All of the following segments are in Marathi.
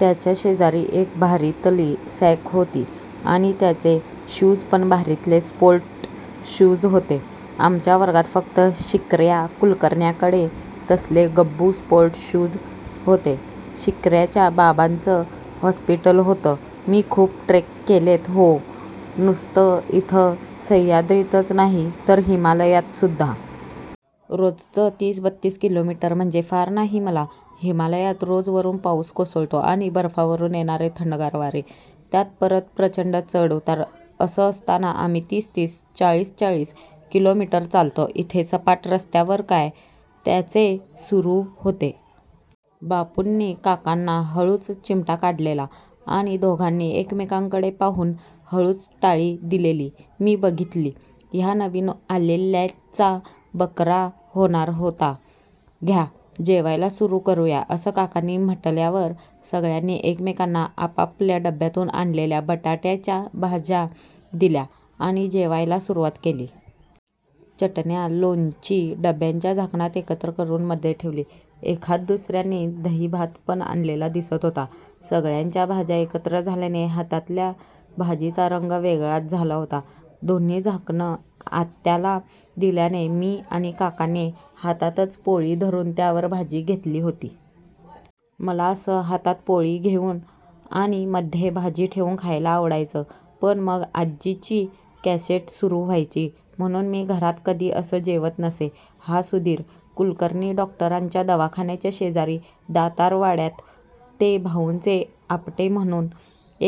त्याच्याशेजारी एक भारीतली सॅक होती आणि त्याचे शूजपण भारीतले स्पोर्ट शूज होते. आमच्या वर्गात फक्त शिर्क्या कुलकर्ण्याकडे तसले गब्बू स्पोर्ट शूज होते. शिर्क्याच्या बाबांचं हॉस्पिटल होतं. मी खूप ट्रेक केलेत हो. नुसतं इथं सह्याद्रीतच नाही तर हिमालयात सुद्धा. रोजचं तीस-बत्तीस किलोमीटर म्हणजे फार नाही मला. हिमालयात रोज वरुन पाउस कोसळतो आणि बर्फावरुन येणारे थंडगार वारे. त्यात परत प्रचंड चढ-उतार. असं असताना आम्ही तीस-तीस चाळीस-चाळीस किलोमीटर चालतो. इथे सपाट रस्त्यावर काय. त्याचे सुरु होते. बापूंनी काकांना हळूच चिमटा काढलेला आणि दोघांनी एकमेकांकडे पाहून हळूच टाळी दिलेली मी बघितली. ह्या नवीन आलेल्याचा बकरा होणार होता. घ्या. जेवायला सुरु करुया असं काकांनी म्हटल्यावर सगळ्यांनी एकमेकांना आपापल्या डब्यातून आणलेल्या बटाट्याच्या भाज्या दिल्या आणि जेवायला सुरुवात केली. चटण्या-लोणची डब्यांच्या झाकणात एकत्र करुन मध्ये ठेवली. एखाद-दुसर्यांनी दही भात पण आणलेला दिसत होता. सगळ्यांच्या भाज्या एकत्र झाल्याने हातातल्या भाजीचा रंग वेगळाच झाला होता. दोन्ही झाकणं आत्याला दिल्याने मी आणि काकांनी हातातच पोळी धरुन त्यावर भाजी घेतली होती. मला असं हातात पोळी घेउन आणि मध्ये भाजी ठेवून खायला आवडायचं. पण मग आज्जीची कॅसेट सुरु व्हायची म्हणुन मी घरात कधी असं जेवत नसे. हा सुधीर. कुलकर्णी डॉक्टरांच्या दवाखान्याच्या शेजारी दातार वाड्यात ते भाउंचे आपटे म्हणुन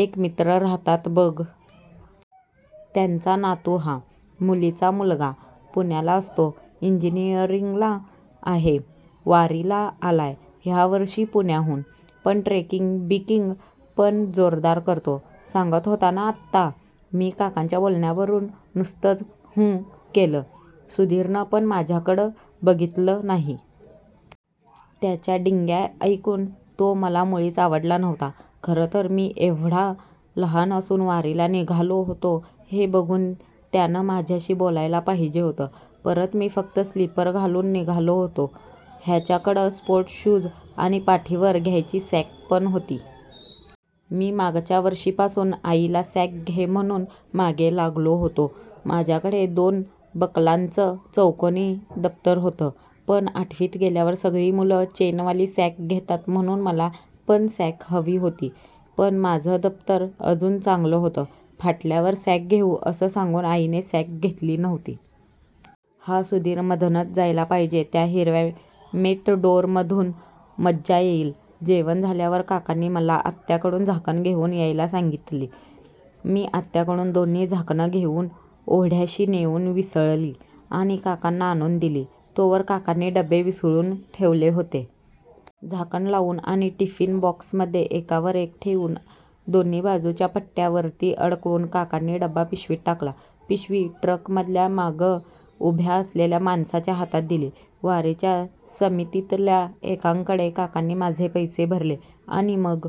एक मित्र राहतात बघ. त्यांचा नातू हा. मुलीचा मुलगा. पुण्याला असतो. इंजिनीअरींगला आहे. वारीला आलाय ह्यावर्षी पुण्याहून. पण ट्रेकिंग-बिकींग पण जोरदार करतो. सांगत होता ना आत्ता. मी काकांच्या बोलण्यावर नुसतंच हुं केलं. सुधीरनं पण माझ्याकडं बघितलं नाही. त्याच्या डिंग्या ऐकून तो मला मुळीच आवडला नव्हता. खरंतर मी एव्हडा लहान असून वारीला निघालो होतो हे बघून त्यानं माझ्याशी बोलायला पाहिजे होतं. परत मी फक्त स्लीपर घालून निघालो होतो. ह्याच्याकडं स्पोर्ट शूज आणि पाठीवर घ्यायची सॅक पण होती. मी मागच्या वर्षीपासून आईला सॅक घे म्हणुन मागे लागलो होतो. माझ्याकडे दोन बकलांचं चौकोनी दप्तर होतं. पण आठवीत गेल्यावर सगळी मुलं चेनवाली सॅक घेतात म्हणुन मला पण सॅक हवी होती. पण माझं दप्तर अजून चांगलं होतं, फाटल्यावर सॅक घेउ असं सांगून आईने सॅक घेतली नव्हती. हा सुधीर मधनंच जायला पाहिजे त्या हिरव्या मेटॅडोर मधून. मज्जा येईल. जेवण झाल्यावर काकांनी मला आत्याकडून झाकणं घेउन यायला सांगितली. मी आत्याकडून दोन्ही झाकणं घेउन ओढ्याशी नेउन विसळली आणि काकांना आणून दिली. तोवर काकांनी डबे विसळून ठेवले होते. झाकण लावून आणि टिफीन बॉक्समध्ये एकावर एक ठेवून, दोन्ही बाजूच्या पट्ट्या वरती अडकवून काकांनी डबा पिशवीत टाकला. पिशवी ट्रकमधल्या मागं उभ्या असलेल्या माणसाच्या हातात दिली. वारीच्या समितीतल्या एकांकडे काकांनी माझे पैसे भरले आणि मग